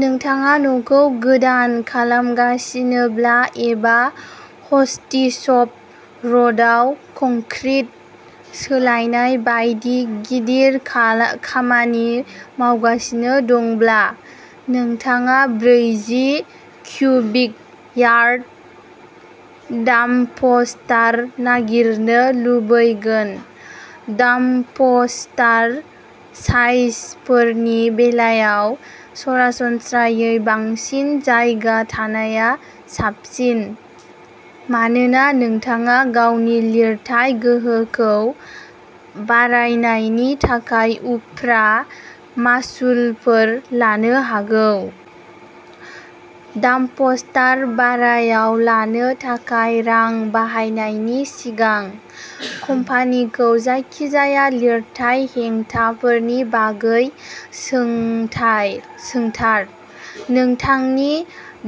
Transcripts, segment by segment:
नोंथाङा न'खौ गोदान खालामगासिनोब्ला एबा हस्टिसफ'र्डआव कंक्रिट सोलायनाय बायदि गिदिर खाला खामानि मावगासिनो दंब्ला, नोंथाङा ब्रैजि क्यूबिक यार्ड डाम्पस्टार नागिरनो लुबैगोन। डाम्पस्टार साइजफोरनि बेलायाव सरासनस्रायै बांसिन जायगा थानाया साबसिन, मानोना नोंथाङा गावनि लिरथाइ गोहोखौ बारायनायनि थाखाय उफ्रा मासुलफोर लानो हागौ। डाम्पस्टार भारायाव लानो थाखाय रां बाहायनायनि सिगां, कम्पानिखौ जायखिजाया लिरथाइ हेंथाफोरनि बागै सोंथाय सोंथार। नोंथांनि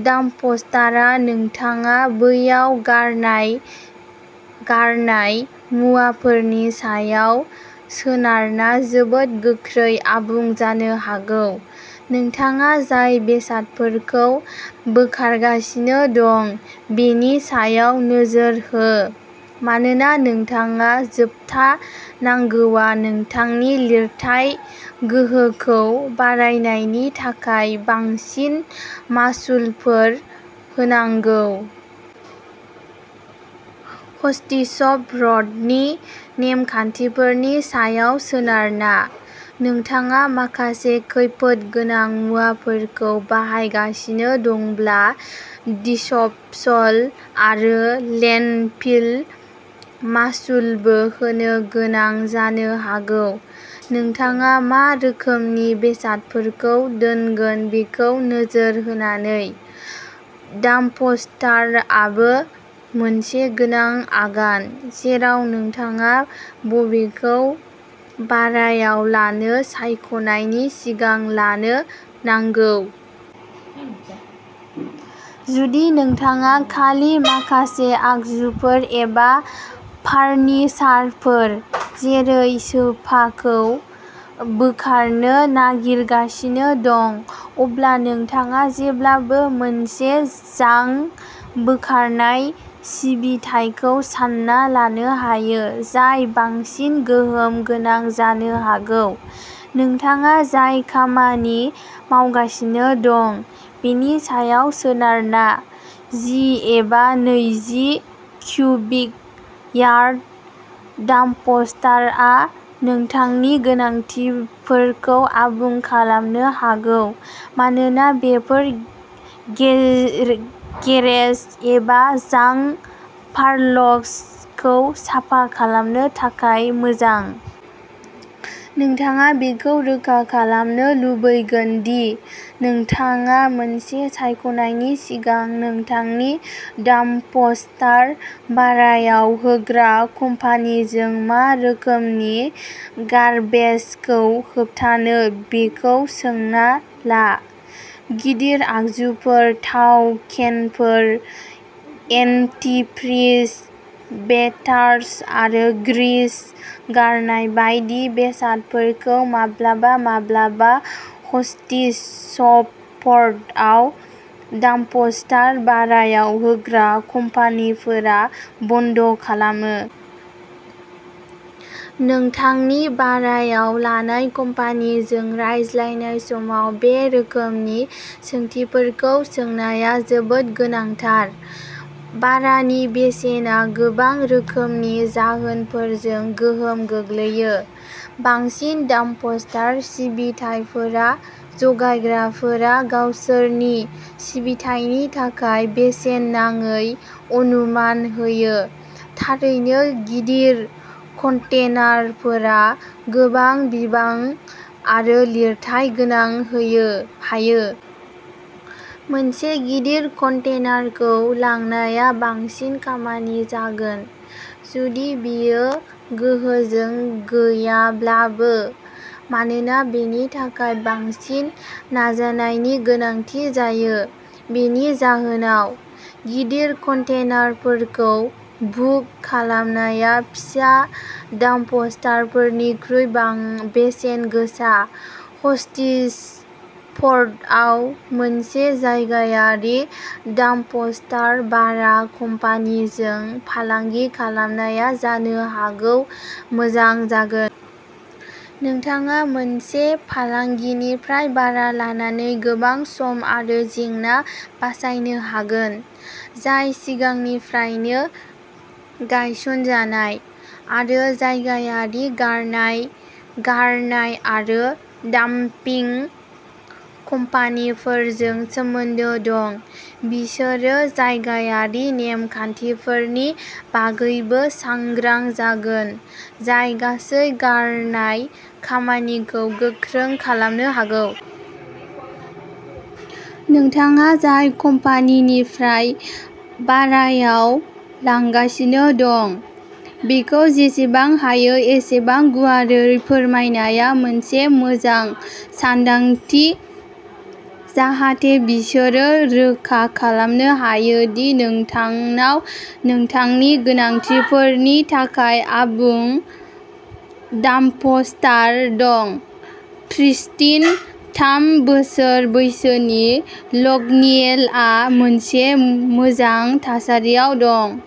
डाम्पस्टारआ नोंथाङा बैयाव गारनाय गारनाय मुवाफोरनि सायाव सोनारना जोबोद गोख्रै आबुं जानो हागौ। नोंथाङा जाय बेसादफोरखौ बोखारगासिनो दं, बेनि सायाव नोजोर हो, मानोना नोंथाङा जोबथा नांगौआ नोंथांनि लिरथाइ गोहोखौ बारायनायनि थाखाय बांसिन मासुलफोर होनांगौ। हस्टिसफ'र्डनि नेमखान्थिफोरनि सायाव सोनारना, नोंथाङा माखासे खैफोद गोनां मुवाफोरखौ बाहायगासिनो दंब्ला दिसप'सल आरो लेन्डफिल मासुलबो होनो गोनां जानो हागौ। नोंथाङा मा रोखोमनि बेसादफोरखौ दोनगोन बेखौ नोजोर होनानै। डाम्पस्टारआबो मोनसे गोनां आगान, जेराव नोंथाङा बबेखौ भारायाव लानो सायख'नायनि सिगां लानो नांगौ। जुदि नोंथाङा खालि माखासे आगजुफोर एबा फार्निचारफोर, जेरै सोफाखौ बोखारनो नागिरगासिनो दं, अब्ला नोंथाङा जेब्लाबो मोनसे जांक बोखारनाय सिबिथाइखौ सानना लानो हायो, जाय बांसिन गोहोम गोनां जानो हागौ। नोंथाङा जाय खामानि मावगासिनो दं, बेनि सायाव सोनारना, जि एबा नैजि क्यूबिक यार्ड डाम्पस्टारआ नोंथांनि गोनांथिफोरखौ आबुं खालामनो हागौ, मानोना बेफोर गे-गेरेज एबा जांक पाइल्सखौ साफा खालामनो थाखाय मोजां। नोंथाङा बेखौ रोखा खालामनो लुबैगोन दि नोंथाङा मोनसे सायख'नायनि सिगां नोंथांनि डाम्पस्टार भारायाव होग्रा कम्पानिजों मा रोखोमनि गार्बेजखौ होबथायो बेखौ सोंना ला। गिदिर आगजुफोर, थाव केनफोर, एन्टिफ्रिज बेटार्स आरो ग्रीस गारनाय बायदि बेसादफोरखौ माब्लाबा-माब्लाबा हस्टिसफर्डआव डाम्पस्टार भारायाव होग्रा कम्पानिफोरा बन्द' खालामो। नोंथांनि भारायाव लानाय कम्पानिजों रायज्लायनाय समाव बे रोखोमनि सोंथिफोरखौ सोंनाया जोबोद गोनांथार। भारानि बेसेना गोबां रोखोमनि जाहोनफोरजों गोहोम गोग्लैयो। बांसिन डाम्पस्टार सिबिथाइफोरा जगायग्राफोरा गावसोरनि सिबिथायनि थाखाय बेसेन नाङै अनुमान होयो। थारैनो, गिदिर कन्टेनारफोरा गोबां बिबां आरो लिरथाइ लांनो होयो हायो। मोनसे गिदिर कन्टेनारखौ लांनाया बांसिन खामानि जागोन, जुदि बेयो गोहोजों गैयाब्लाबो, मानोना बेनि थाखाय बांसिन नाजानायनि गोनांथि जायो। बेनि जाहोनाव, गिदिर कन्टेनारफोरखौ बुक खालामनाया फिसा डाम्पस्टारफोरनिख्रुइ बेसेन गोसा। हस्टिसफर्डआव मोनसे जायगायारि डाम्पस्टार भारा कम्पानिजों फालांगि खालामनाया जानो हागौ मोजां जागोन। नोंथाङा मोनसे फालांगिनिफ्राय भारा लानानै गोबां सम आरो जेंना बासायनो हागोन, जाय सिगांनिफ्रायनो गायसनजानाय, आरो जायगायारि गारनाय गारनाय आरो डाम्पिं कम्पानिफोरजों सोमोन्दो दं। बिसोरो जायगायारि नेम-खान्थिफोरनि बागैबो सांग्रां जागोन, जाय गासै गारनाय खामानिखौ गोख्रों खालामनो हागौ। नोंथाङा जाय कम्पानिनिफ्राय भारायाव लांगासिनो दं, बेखौ जेसेबां हायो एसेबां गुवारै फोरमायनाया मोनसे मोजां सानदांथि, जाहाथे बिसोरो रोखा खालामनो हायो दि नोंथांनाव नोंथांनि गोनांथिफोरनि थाखाय आबुं डाम्पस्टार दं। प्रिस्टिन, थाम बोसोर बैसोनि कल'नियेलआ मोनसे मोजां थासारियाव दं।